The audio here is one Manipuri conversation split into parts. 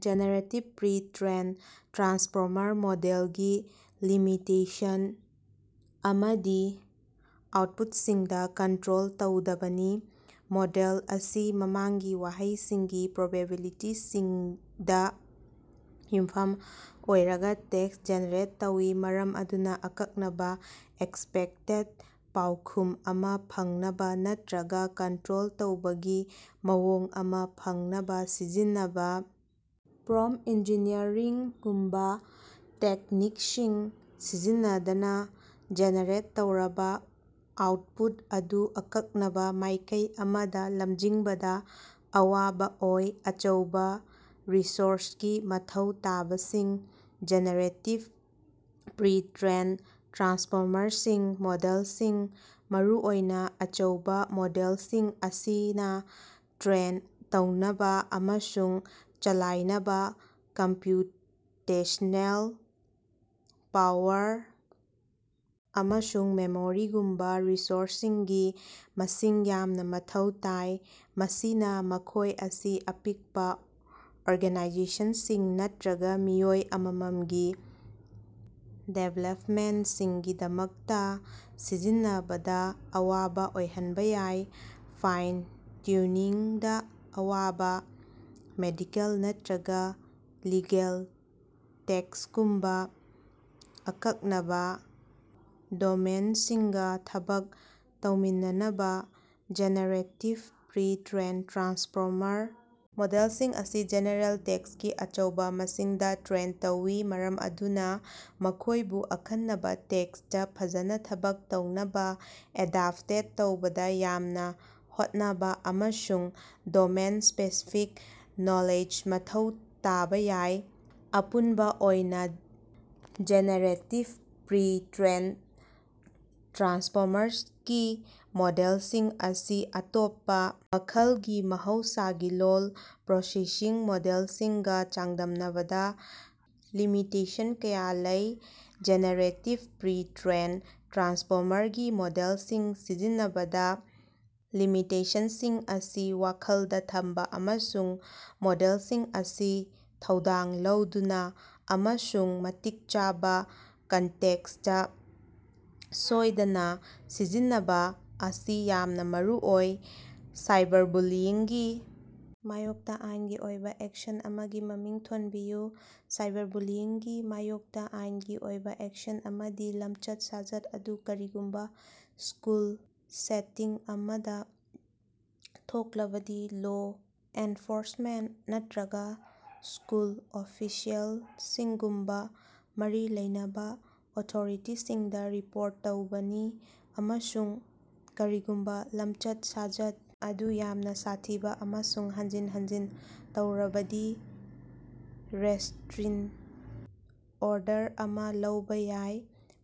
ꯖꯦꯅꯦꯔꯦꯇꯤꯚ ꯄ꯭ꯔꯤ-ꯇ꯭ꯔꯦꯟꯗ ꯇ꯭ꯔꯥꯟꯁꯐꯣꯃꯔ ꯃꯣꯗꯦꯜꯒꯤ ꯂꯤꯃꯤꯇꯦꯁꯟ ꯑꯃꯗꯤ ꯑꯥꯎꯠꯄꯨꯠꯁꯤꯡꯗ ꯀꯟꯇ꯭ꯔꯣꯜ ꯇꯧꯗꯕꯅꯤ꯫ ꯃꯣꯗꯦꯜ ꯑꯁꯤꯅ ꯃꯃꯥꯡꯒꯤ ꯋꯥꯍꯩꯁꯤꯡꯒꯤ ꯄ꯭ꯔꯣꯕꯤꯕꯤꯂꯤꯇꯤꯁꯤꯡꯗ ꯌꯨꯝꯐꯝ ꯑꯣꯏꯔꯒ ꯇꯦꯛꯁ ꯖꯦꯅꯦꯔꯦꯠ ꯇꯧꯏ ꯃꯔꯝ ꯑꯗꯨꯅ ꯑꯀꯛꯅꯕ ꯑꯦꯛꯁꯄꯦꯛꯇꯦꯗ ꯄꯥꯎꯈꯨꯝ ꯑꯃ ꯐꯪꯅꯕ ꯅꯠꯇ꯭ꯔꯒ ꯀꯟꯇ꯭ꯔꯣꯜ ꯇꯧꯕꯒꯤ ꯃꯑꯣꯡ ꯑꯃ ꯐꯪꯅꯕ ꯁꯤꯖꯤꯟꯅꯕ ꯄ꯭ꯔꯣꯝꯄꯇ ꯏꯟꯖꯤꯅ꯭ꯌꯔꯤꯡ ꯒꯨꯝꯕ ꯇꯦꯛꯅꯤꯛꯁꯤꯡ ꯁꯤꯖꯤꯟꯅꯗꯅ ꯖꯦꯅꯦꯔꯦꯠ ꯇꯧꯔꯕ ꯑꯥꯎꯠꯄꯨꯠ ꯑꯗꯨ ꯑꯀꯛꯅꯕ ꯃꯥꯏꯀꯩ ꯑꯃꯗ ꯂꯝꯖꯤꯡꯕꯗ ꯑꯋꯥꯕ ꯑꯣꯏ꯫ ꯑꯆꯧꯕ ꯔꯤꯁꯣꯔꯁꯀꯤ ꯃꯊꯧ ꯇꯥꯕꯁꯤꯡ: ꯖꯦꯅꯦꯔꯦꯇꯤꯚ ꯄ꯭ꯔꯤ-ꯇ꯭ꯔꯦꯟꯗ ꯇ꯭ꯔꯥꯟꯁꯐꯣꯃꯔꯒꯤ ꯃꯣꯗꯦꯜꯁꯤꯡ, ꯃꯔꯨꯑꯣꯏꯅ ꯑꯆꯧꯕ ꯃꯣꯗꯦꯜꯁꯤꯡ ꯑꯁꯤꯅ ꯇ꯭ꯔꯦꯟ ꯇꯧꯅꯕ ꯑꯃꯁꯨꯡ ꯆꯂꯥꯏꯅꯕ ꯀꯝꯄ꯭ꯌꯨꯇꯦꯁ꯭ꯅꯦꯜ ꯄꯥꯋꯔ ꯑꯃꯁꯨꯡ ꯃꯦꯃꯣꯔꯤꯒꯨꯝꯕ ꯔꯤꯁꯣꯔꯁꯁꯤꯡꯒꯤ ꯃꯁꯤꯡ ꯌꯥꯝꯅ ꯃꯊꯧ ꯇꯥꯏ꯫ ꯃꯁꯤꯅ ꯃꯈꯣꯏ ꯑꯁꯤ ꯑꯄꯤꯛꯄ ꯑꯣꯔꯒꯅꯥꯏꯖꯦꯁꯟꯁꯤꯡ ꯅꯠꯇ꯭ꯔꯒ ꯃꯤꯑꯣꯏ ꯑꯃꯃꯝꯒꯤ ꯗꯤꯚꯦꯂꯞꯃꯦꯟꯁꯤꯡꯒꯤꯗꯃꯛꯇ ꯁꯤꯖꯤꯟꯅꯕꯗ ꯑꯋꯥꯕ ꯑꯣꯏꯍꯟꯕ ꯌꯥꯏ꯫ ꯐꯥꯏꯟ-ꯇꯨꯅꯤꯡꯗ ꯑꯋꯥꯕ: ꯃꯦꯗꯤꯀꯦꯜ ꯅꯠꯇ꯭ꯔꯒ ꯂꯤꯒꯦꯜ ꯇꯦꯛꯁꯒꯨꯝꯕ ꯑꯀꯛꯅꯕ ꯗꯣꯃꯦꯏꯟꯁꯤꯡꯒ ꯊꯕꯛ ꯇꯧꯃꯤꯟꯅꯅꯕ ꯖꯦꯅꯦꯔꯦꯇꯤꯚ ꯄ꯭ꯔꯤ-ꯇ꯭ꯔꯦꯟꯗ ꯇ꯭ꯔꯥꯟꯁꯐꯣꯃꯔ ꯃꯣꯗꯦꯜꯁꯤꯡ ꯑꯁꯤ ꯖꯦꯅꯦꯔꯦꯜ ꯇꯦꯛꯁꯀꯤ ꯑꯆꯧꯕ ꯃꯁꯤꯡꯗꯥꯇ꯭ꯔꯦꯟ ꯇꯧꯏ, ꯃꯔꯝ ꯑꯗꯨꯅ ꯃꯈꯣꯏꯕꯨ ꯑꯈꯟꯅꯕ ꯇꯦꯛꯁꯇ ꯐꯖꯅ ꯊꯕꯛ ꯇꯧꯅꯕ ꯑꯦꯗꯥꯞꯇꯦꯠ ꯇꯧꯕꯗ ꯌꯥꯝꯅ ꯍꯣꯠꯅꯕ ꯑꯃꯁꯨꯡ ꯗꯣꯃꯦꯟ-ꯁ꯭ꯄꯦꯁꯤꯐꯤꯛ ꯅꯣꯂꯦꯖ ꯃꯊꯧ ꯇꯥꯕ ꯌꯥꯏ꯫ ꯑꯄꯨꯟꯕ ꯑꯣꯏꯅ ꯖꯦꯅꯦꯔꯦꯇꯤꯚ ꯄ꯭ꯔꯤ-ꯇ꯭ꯔꯦꯟꯗ ꯇ꯭ꯔꯥꯟꯁꯐꯣꯃꯔꯒꯤ ꯃꯣꯗꯦꯜꯁꯤꯡ ꯑꯁꯤ ꯑꯇꯣꯞꯄ ꯃꯈꯜꯒꯤ ꯃꯍꯧꯁꯥꯒꯤ ꯂꯣꯜ ꯄ꯭ꯔꯣꯁꯦꯁꯤꯡ ꯃꯣꯗꯦꯜꯁꯤꯡꯒ ꯆꯥꯡꯗꯝꯅꯕꯗ ꯂꯤꯃꯤꯇꯦꯁꯟ ꯀꯌꯥ ꯂꯩ꯫ ꯖꯦꯅꯦꯔꯦꯇꯤꯚ ꯄ꯭ꯔꯤ-ꯇ꯭ꯔꯦꯟꯗ ꯇ꯭ꯔꯥꯟꯁꯐꯣꯃꯔꯒꯤ ꯃꯣꯗꯦꯜꯁꯤꯡ ꯁꯤꯖꯤꯟꯅꯕꯗ ꯂꯤꯃꯤꯇꯦꯁꯟꯁꯤꯡ ꯑꯁꯤ ꯋꯥꯈꯜꯗ ꯊꯝꯕ ꯑꯃꯁꯨꯡ ꯃꯣꯗꯦꯜꯁꯤꯡ ꯑꯁꯤ ꯊꯧꯗꯥꯡ ꯂꯧꯗꯨꯅ ꯑꯃꯁꯨꯡ ꯃꯇꯤꯛ ꯆꯥꯕ ꯀꯟꯇꯦꯛꯁꯇ ꯁꯣꯏꯗꯅ ꯁꯤꯖꯤꯟꯅꯕ ꯑꯁꯤ ꯌꯥꯝꯅ ꯃꯔꯨꯑꯣꯏ꯫ ꯁꯥꯏꯕꯔꯕꯨꯂꯤꯌꯤꯡꯒꯤ ꯃꯥꯌꯣꯛꯇ ꯑꯥꯏꯟꯒꯤ ꯑꯣꯏꯕ ꯑꯦꯛꯁꯟ ꯑꯃꯒꯤ ꯃꯃꯤꯡ ꯊꯣꯟꯕꯤꯌꯨ꯫ ꯁꯥꯏꯕꯔꯕꯨꯂꯤꯌꯤꯡꯒꯤ ꯃꯥꯌꯣꯛꯇ ꯑꯥꯏꯟꯒꯤ ꯑꯣꯏꯕ ꯑꯦꯛꯁꯟ ꯑꯃꯗꯤ, ꯂꯝꯆꯠ-ꯁꯥꯖꯠ ꯑꯗꯨ ꯀꯔꯤꯒꯨꯝꯕ ꯁ꯭ꯀꯨꯜ ꯁꯦꯇꯤꯡ ꯑꯃꯗ ꯊꯣꯛꯂꯕꯗꯤ ꯂꯣ ꯑꯦꯟꯐꯣꯔꯁꯃꯦꯟꯇ ꯅꯠꯇ꯭ꯔꯒ ꯁ꯭ꯀꯨꯜ ꯑꯣꯐꯤꯁꯤꯑꯦꯜꯁꯤꯡꯒꯨꯝꯕ ꯃꯔꯤ ꯂꯩꯅꯕ ꯑꯣꯊꯣꯔꯤꯇꯤꯁꯤꯡꯗ ꯔꯤꯄꯣꯔꯠ ꯇꯧꯕꯅꯤ ꯑꯃꯁꯨꯡ ꯀꯔꯤꯒꯨꯝꯕ ꯂꯝꯆꯠ-ꯁꯥꯖꯠ ꯑꯗꯨ ꯌꯥꯝꯅ ꯁꯥꯊꯤꯕ ꯑꯃꯁꯨꯡ ꯍꯟꯖꯤꯟ ꯍꯟꯖꯤꯟ ꯇꯧꯔꯕꯗꯤ ꯔꯦꯁꯇ꯭ꯔꯤꯟ ꯑꯣꯔꯗꯔ ꯑꯃ ꯂꯧꯕ ꯌꯥꯏ꯫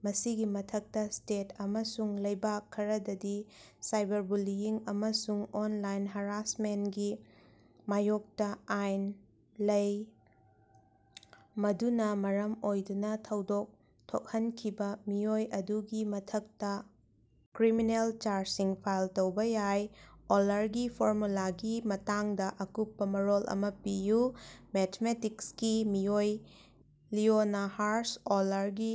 ꯃꯁꯤꯒꯤ ꯃꯊꯛꯇ, ꯁ꯭ꯇꯦꯠ ꯑꯃꯁꯨꯡ ꯂꯩꯕꯥꯛ ꯈꯔꯗꯗꯤ ꯁꯥꯏꯕꯔꯕꯨꯂꯤꯌꯤꯡ ꯑꯃꯁꯨꯡ ꯑꯣꯟꯂꯥꯏꯟ ꯍꯔꯥꯁꯃꯦꯟꯇꯀꯤ ꯃꯥꯌꯣꯛꯇ ꯑꯥꯏꯟ ꯂꯩ, ꯃꯗꯨꯅ ꯃꯔꯝ ꯑꯣꯏꯗꯨꯅ ꯊꯧꯗꯣꯛ ꯊꯣꯛꯍꯟꯈꯤꯕ ꯃꯤꯑꯣꯏ ꯑꯗꯨꯒꯤ ꯃꯊꯛꯇ ꯀ꯭ꯔꯤꯃꯤꯅꯦꯜ ꯆꯥꯔꯖꯁꯤꯡ ꯐꯥꯏꯜ ꯇꯧꯕ ꯌꯥꯏ꯫ ꯑꯣꯎꯂꯔꯒꯤ ꯐꯣꯔꯃꯨꯂꯥꯒꯤ ꯃꯇꯥꯡꯗ ꯑꯀꯨꯞꯄ ꯃꯔꯣꯜ ꯑꯃ ꯄꯤꯌꯨ꯫ ꯃꯦꯊꯃꯦꯇꯤꯛꯁꯀꯤ ꯃꯤꯑꯣꯏ ꯂꯤꯑꯣꯅꯍꯥꯔꯗ ꯑꯣꯎꯂꯔꯒꯤ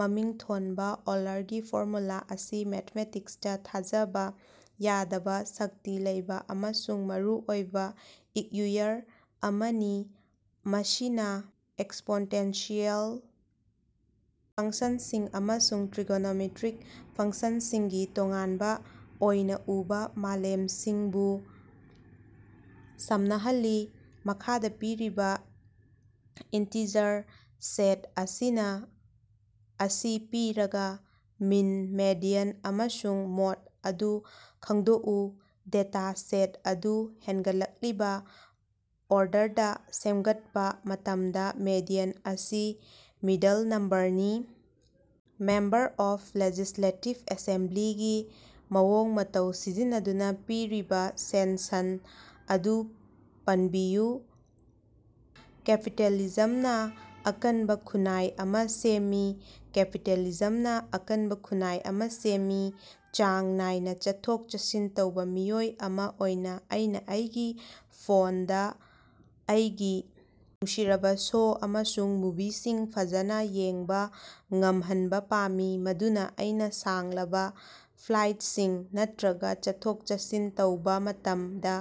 ꯃꯃꯤꯡ ꯊꯣꯟꯕ ꯑꯣꯎꯂꯔꯒꯤ ꯐꯣꯔꯃꯨꯂꯥ ꯑꯁꯤ ꯃꯦꯊꯃꯦꯇꯤꯛꯁꯇ ꯊꯥꯖꯕ ꯌꯥꯗꯕ ꯁꯛꯇꯤ ꯂꯩꯕ ꯑꯃꯁꯨꯡ ꯃꯔꯨ ꯑꯣꯏꯕ ꯏꯛꯌꯨꯏꯌꯔ ꯑꯃꯅꯤ ꯃꯁꯤꯅ ꯑꯦꯛꯁꯄꯣꯟꯇꯦꯟꯁꯤꯑꯦꯜ ꯐꯪꯁꯟꯁꯤꯡ ꯑꯃꯁꯨꯡ ꯇ꯭ꯔꯤꯏꯒꯣꯅꯣꯃꯦꯇ꯭ꯔꯤꯛ ꯐꯪꯁꯅꯁꯤꯡꯒꯤ ꯇꯣꯉꯥꯟꯕ ꯑꯣꯏꯅ ꯎꯕ ꯃꯥꯂꯦꯝꯁꯤꯡꯕꯨ ꯁꯝꯅꯍꯜꯂꯤ꯫ ꯃꯈꯥꯗ ꯄꯤꯔꯤꯕ ꯏꯟꯇꯤꯖꯔ ꯁꯦꯠ ꯑꯅꯤ ꯑꯁꯤ ꯄꯤꯔꯒ, ꯃꯤꯟ, ꯃꯦꯗꯤꯌꯟ ꯑꯃꯁꯨꯡ ꯃꯣꯗ ꯑꯗꯨ ꯈꯪꯗꯣꯛꯎ꯫ ꯗꯦꯇꯥ ꯁꯦꯠ ꯑꯗꯨ ꯍꯦꯟꯒꯠꯂꯛꯂꯤꯕ ꯑꯣꯔꯗꯔꯗ ꯁꯦꯝꯒꯠꯄ ꯃꯇꯝꯗ ꯃꯦꯗꯤꯌꯟ ꯑꯁꯤ ꯃꯤꯗꯜ ꯅꯝꯕꯔꯅꯤ꯫ ꯃꯦꯝꯕꯔ ꯑꯣꯐ ꯂꯦꯖꯤꯁꯂꯦꯇꯤꯚ ꯑꯦꯁꯦꯝꯕ꯭ꯂꯤ ꯒꯤ ꯃꯑꯣꯡ ꯃꯇꯧ ꯁꯤꯖꯤꯟꯅꯗꯨꯅ ꯄꯤꯔꯤꯕ ꯁꯦꯟꯁꯟ ꯑꯗꯨ ꯄꯟꯕꯤꯌꯨ꯫ ꯀꯦꯄꯤꯇꯦꯂꯤꯖꯝꯅ ꯑꯀꯟꯕ ꯈꯨꯟꯅꯥꯏ ꯑꯃꯥ ꯁꯦꯝꯃꯤ꯫ ꯀꯦꯄꯤꯇꯦꯂꯤꯖꯝꯅ ꯑꯀꯟꯕ ꯈꯨꯟꯅꯥꯏ ꯑꯃ ꯁꯦꯝꯃꯤ꯫ ꯆꯥꯡ ꯅꯥꯏꯅ ꯆꯠꯊꯣꯛ-ꯆꯠꯁꯤꯟ ꯇꯧꯕ ꯃꯤꯑꯣꯏ ꯑꯃ ꯑꯣꯏꯅ ꯑꯩꯅ ꯑꯩꯒꯤ ꯐꯣꯟꯗ ꯑꯩꯒꯤ ꯅꯨꯡꯁꯤꯖꯔꯕ ꯁꯣ ꯑꯃꯁꯨꯡ ꯃꯨꯚꯤꯁꯤꯡ ꯐꯖꯅ ꯌꯦꯡꯕ ꯉꯝꯍꯟꯕ ꯄꯥꯝꯃꯤ, ꯃꯗꯨꯅ ꯑꯩꯅ ꯁꯥꯡꯂꯕ ꯐ꯭ꯂꯥꯏꯠꯁꯤꯡ ꯅꯠꯇ꯭ꯔꯒ ꯆꯠꯊꯣꯛ-ꯆꯠꯁꯤꯟ ꯇꯧꯕ ꯃꯇꯝꯗ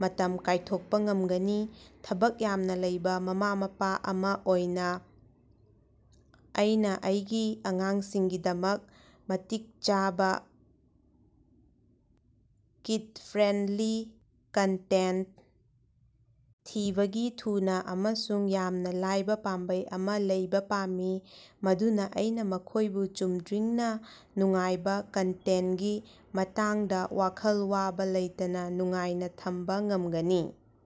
ꯃꯇꯝ ꯀꯥꯏꯊꯣꯛꯄ ꯉꯝꯒꯅꯤ ꯫ ꯊꯕꯛ ꯌꯥꯝꯅ ꯂꯩꯕ ꯃꯃꯥ-ꯃꯄꯥ ꯑꯃ ꯑꯣꯏꯅ ꯑꯩꯅ ꯑꯩꯒꯤ ꯑꯉꯥꯡꯁꯤꯡꯒꯤꯗꯃꯛ ꯃꯇꯤꯛ ꯆꯥꯕ, ꯀꯤꯗ-ꯐ꯭ꯔꯦꯟꯗꯂꯤ ꯀꯟꯇꯦꯟꯇ ꯊꯤꯕꯒꯤ ꯊꯨꯅ ꯑꯃꯁꯨꯡ ꯌꯥꯝꯅ ꯂꯥꯏꯕ ꯄꯥꯝꯕꯩ ꯑꯃ ꯂꯩꯕ ꯄꯥꯝꯃꯤ, ꯃꯗꯨꯅ ꯑꯩꯅ ꯃꯈꯣꯏꯕꯨ ꯆꯨꯝꯗ꯭ꯔꯤꯡꯅ ꯅꯨꯡꯉꯥꯏꯕ ꯀꯟꯇꯦꯟꯇꯀꯤ ꯃꯇꯥꯡꯗ ꯋꯥꯈꯜ ꯋꯥꯕ ꯂꯩꯇꯅ ꯅꯨꯡꯉꯥꯏꯅ ꯊꯝꯕ ꯉꯝꯒꯅꯤ꯫